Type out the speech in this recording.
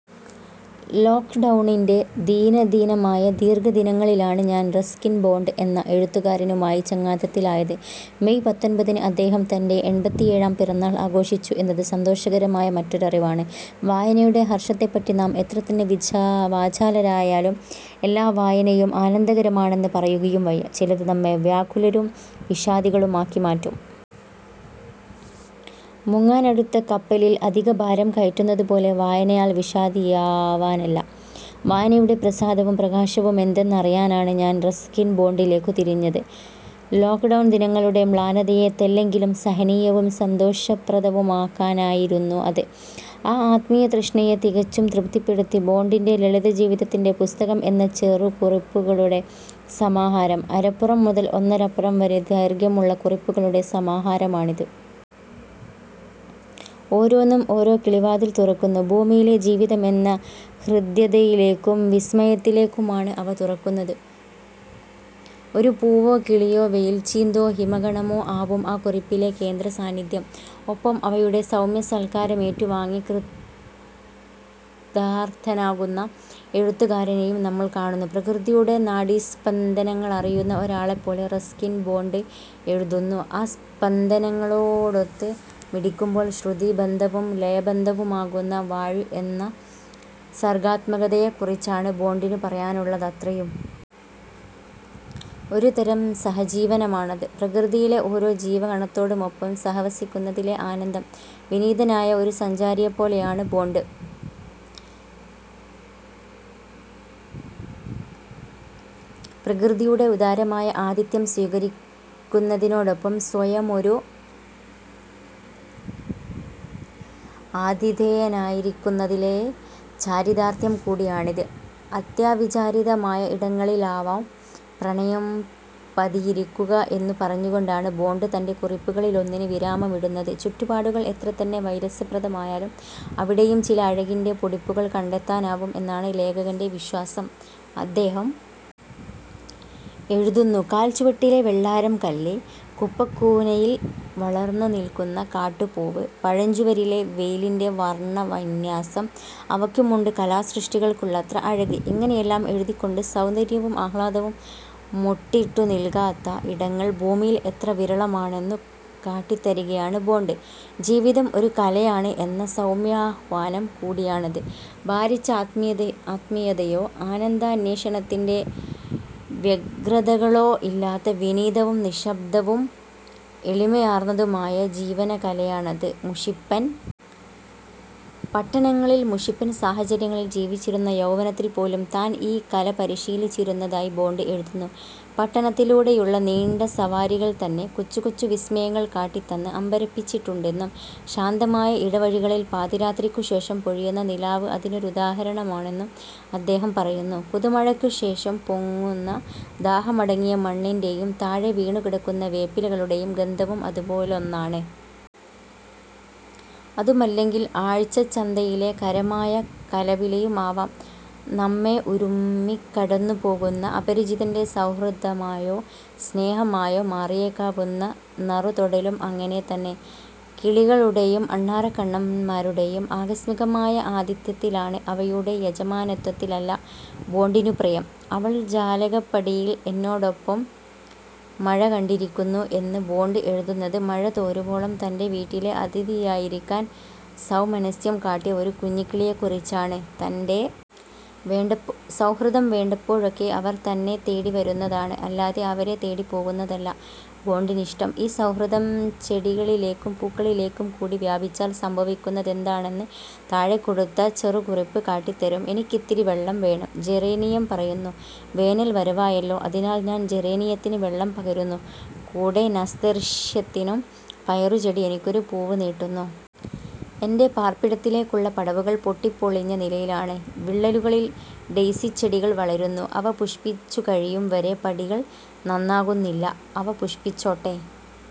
ലോക്ഡൗണിൻറെ ദീനദീനമായ ദീർഘദിനങ്ങളിലാണ് ഞാൻ Ruskin bond എന്ന എഴുത്തുകാരനുമായി ചങ്ങാത്തത്തിലായത്. May പത്തൊൻപതിന് അദ്ദേഹം തൻറെ എൺപത്തിയേഴാം പിറന്നാൾ ആഘോഷിച്ചു എന്നത് സന്തോഷകരമായ മറ്റൊരറിവാണ്. വായനയുടെ ഹർഷത്തെപ്പറ്റി നാം എത്രതന്നെ വാചാലരായാലും എല്ലാ വായനയും ആനന്ദകരമാണെന്ന് പറയുക വയ്യ. ചിലത് നമ്മെ വ്യാകുലരും വിഷാദികളുമാക്കി മാറ്റും. മുങ്ങാനടുത്ത കപ്പലിൽ അധികഭാരം കയറ്റുന്നതുപോലെ വായനയാൽ വിഷാദിയാവാനല്ല, വായനയുടെ പ്രസാദവും പ്രകാശവുമെന്തെന്നറിയാനാണ് ഞാൻ റസ്കിൻ ബോണ്ടിലേക്കു തിരിഞ്ഞത്. ലോക്ഡൗൺ ദിനങ്ങളുടെ മ്ലാനതയെ തെല്ലെങ്കിലും സഹനീയവും സന്തോഷപ്രദവുമാക്കാനായിരുന്നു അത്.ആ ആത്മീയതൃഷ്ണയെ തികച്ചും തൃപ്തിപ്പെടുത്തി ബോണ്ടിൻറെ ലളിതജീവിതത്തിൻറെ പുസ്തകം എന്ന ചെറുകുറിപ്പുകളുടെ സമാഹാരം. അരപ്പുറം മുതൽ ഒന്നരപ്പുറം വരെ ദൈർഘ്യമുള്ള കുറിപ്പുകളുടെ സമാഹാരമാണിത്. ഓരോന്നും ഓരോ കിളിവാതിൽ തുറക്കുന്നു. ഭൂമിയിലെ ജീവിതമെന്ന ഹൃദ്യതയിലേക്കും വിസ്മയത്തിലേക്കുമാണ് അവ തുറക്കുന്നത്. ഒരു പൂവോ കിളിയോ വെയിൽച്ചീന്തോ ഹിമകണമോ ആവും ആ കുറിപ്പിലെ കേന്ദ്രസാന്നിധ്യം. ഒപ്പം അവയുടെ സൗമ്യസൽക്കാരമേറ്റുവാങ്ങി കൃതാർഥനാകുന്ന എഴുത്തുകാരനെയും നമ്മൾ കാണുന്നു. പ്രകൃതിയുടെ നാഡീസ്പന്ദനങ്ങളറിയുന്ന ഒരാളെപ്പോലെ റസ്കിൻ ബോണ്ട് എഴുതുന്നു. ആ സ്പന്ദനങ്ങളോടൊത്ത് മിടിക്കുമ്പോൾ ശ്രുതിബദ്ധവും ലയബദ്ധവുമാകുന്ന വാഴ്വ് എന്ന സർഗാത്മകതയെക്കുറിച്ചാണ് ബോണ്ടിനു പറയാനുള്ളതത്രയും. ഒരുതരം സഹജീവനമാണത്. പ്രകൃതിയിലെ ഓരോ ജീവകണത്തോടുമൊപ്പം സഹവസിക്കുന്നതിലെ ആനന്ദം. വിനീതനായ ഒരു സഞ്ചാരിയെപ്പോലെയാണ് ബോണ്ട്. പ്രകൃതിയുടെ ഉദാരമായ ആതിഥ്യം സ്വീകരിക്കുന്നതിനോടൊപ്പം സ്വയമൊരു ആതിഥേയനായിരിക്കുന്നതിലെ ചാരിതാർഥ്യം കൂടിയാണിത്. അത്യവിചാരിതമായ ഇടങ്ങളിലാവും പ്രണയം പതിയിരിക്കുക എന്നു പറഞ്ഞുകൊണ്ടാണ് ബോണ്ട് തൻറെ കുറിപ്പുകളിലൊന്നിന് വിരാമമിടുന്നത്. ചുറ്റുപാടുകൾ എത്രതന്നെ വൈരസ്യപ്രദമായാലും അവിടെയും ചില അഴകിൻറെ പൊടിപ്പുകൾ കണ്ടെത്താനാവും എന്നാണ് ലേഖകൻറെ വിശ്വാസം. അദ്ദേഹം എഴുതുന്നു. കാൽച്ചുവട്ടിലെ വെള്ളാരംകല്ല്, കുപ്പക്കൂനയിൽ വളർന്നുനിൽക്കുന്ന കാട്ടുപൂവ്, പഴഞ്ചുവരിലെ വെയിലിൻറെ വർണവിന്യാസം. അവയ്ക്കുമുണ്ട് കലാസൃഷ്ടികൾക്കുള്ളത്ര അഴക്. ഇങ്ങനെയെല്ലാം എഴുതിക്കൊണ്ട് സൗന്ദര്യവും ആഹ്ലാദവും മൊട്ടിട്ടുനിൽക്കാത്ത ഇടങ്ങൾ ഭൂമിയിൽ എത്ര വിരളമാണെന്നു കാട്ടിത്തരികയാണ് ബോണ്ട്. ജീവിതം ഒരു കലയാണ് എന്ന സൗമ്യാഹ്വാനം കൂടിയാണത്. ഭാരിച്ച ആത്മീയതയോ ആനന്ദാന്വേഷണത്തിൻറെ വ്യഗ്രതകളോ ഇല്ലാത്ത വിനീതവും നിശ്ശബ്ദവും എളിമയാർന്നതുമായ ജീവനകലയാണത്. മുഷിപ്പൻ പട്ടണങ്ങളിൽ മുഷിപ്പൻ സാഹചര്യങ്ങളിൽ ജീവിച്ചിരുന്ന യൗവനത്തിൽ പോലും താൻ ഈ കല പരിശീലിച്ചിരുന്നതായി ബോണ്ട് എഴുതുന്നു. പട്ടണത്തിലൂടെയുള്ള നീണ്ട സവാരികൾ തന്നെ കൊച്ചുകൊച്ചു വിസ്മയങ്ങൾ കാട്ടിത്തന്ന് അമ്പരപ്പിച്ചിട്ടുണ്ടെന്നും ശാന്തമായ ഇടവഴികളിൽ പാതിരാത്രിക്കു ശേഷം പൊഴിയുന്ന നിലാവ് അതിനൊരു ഉദാഹരണമാണെന്നും അദ്ദേഹം പറയുന്നു. പുതുമഴയ്ക്കു ശേഷം പൊങ്ങുന്ന ദാഹമടങ്ങിയ മണ്ണിൻറെ യും താഴെ വീണുകിടക്കുന്ന വേപ്പിലകളുടെയും ഗന്ധവും അതുപോലൊന്നാണ്. അതുമല്ലെങ്കിൽ ആഴ്ചച്ചന്തയിലെ കരമായ കലപിലയുമാവാം. നമ്മെ ഉരുമ്മിക്കടന്നുപോകുന്ന അപരിചിതൻറെ സൗഹൃദമായോ സ്നേഹമായോ മാറിയേക്കാവുന്ന നറുതൊടലും അങ്ങനെതന്നെ. കിളികളുടെയും അണ്ണാറക്കണ്ണന്മാരുടെയും ആകസ്മികമായ ആതിഥ്യത്തിലാണ്, അവയുടെ യജമാനത്വത്തിലല്ല, ബോണ്ടിനു പ്രിയം. അവൾ ജാലകപ്പടിയിൽ എന്നോടൊപ്പം മഴ കണ്ടിരിക്കുന്നു എന്ന് ബോണ്ട് എഴുതുന്നത് മഴ തോരുവോളം തൻറെ വീട്ടിലെ അതിഥിയായിരിക്കാൻ സൗമനസ്യം കാട്ടിയ ഒരു കുഞ്ഞുകിളിയെക്കുറിച്ചാണ്. തൻറെ സൗഹൃദം വേണ്ടപ്പോഴൊക്കെ അവർ തന്നെ തേടിവരുന്നതാണ്, അല്ലാതെ അവരെ തേടിപ്പിടിക്കുന്നതല്ല, ബോണ്ടിനിഷ്ടം. ഈ സൗഹൃദം ചെടികളിലേക്കും പൂക്കളിലേക്കും കൂടി വ്യാപിച്ചാൽ സംഭവിക്കുന്നതെന്താണെന്ന് താഴെക്കൊടുത്ത ചെറുകുറിപ്പ് കാട്ടിത്തരും. എനിക്കിത്തിരി വെള്ളം വേണം, ജെറേനിയം പറയുന്നു. വേനൽ വരവായല്ലോ. അതിനാൽ ഞാൻ ജെറേനിയത്തിന് വെള്ളം പകരുന്നു, കൂടെ നസ്തേർഷ്യത്തിനും. പയറുചെടി എനിക്കൊരു പൂവ് നീട്ടുന്നു. എൻറെ പാർപ്പിടത്തിലേക്കുള്ള പടവുകൾ പൊട്ടിപ്പൊളിഞ്ഞ നിലയിലാണ്. വിള്ളലുകളിൽ ഡെയ്സിച്ചെടികൾ വളരുന്നു. അവ പുഷ്പിച്ചുകഴിയും വരെ പടികൾ നന്നാക്കുന്നില്ല. അവ പുഷ്പിച്ചോട്ടെ.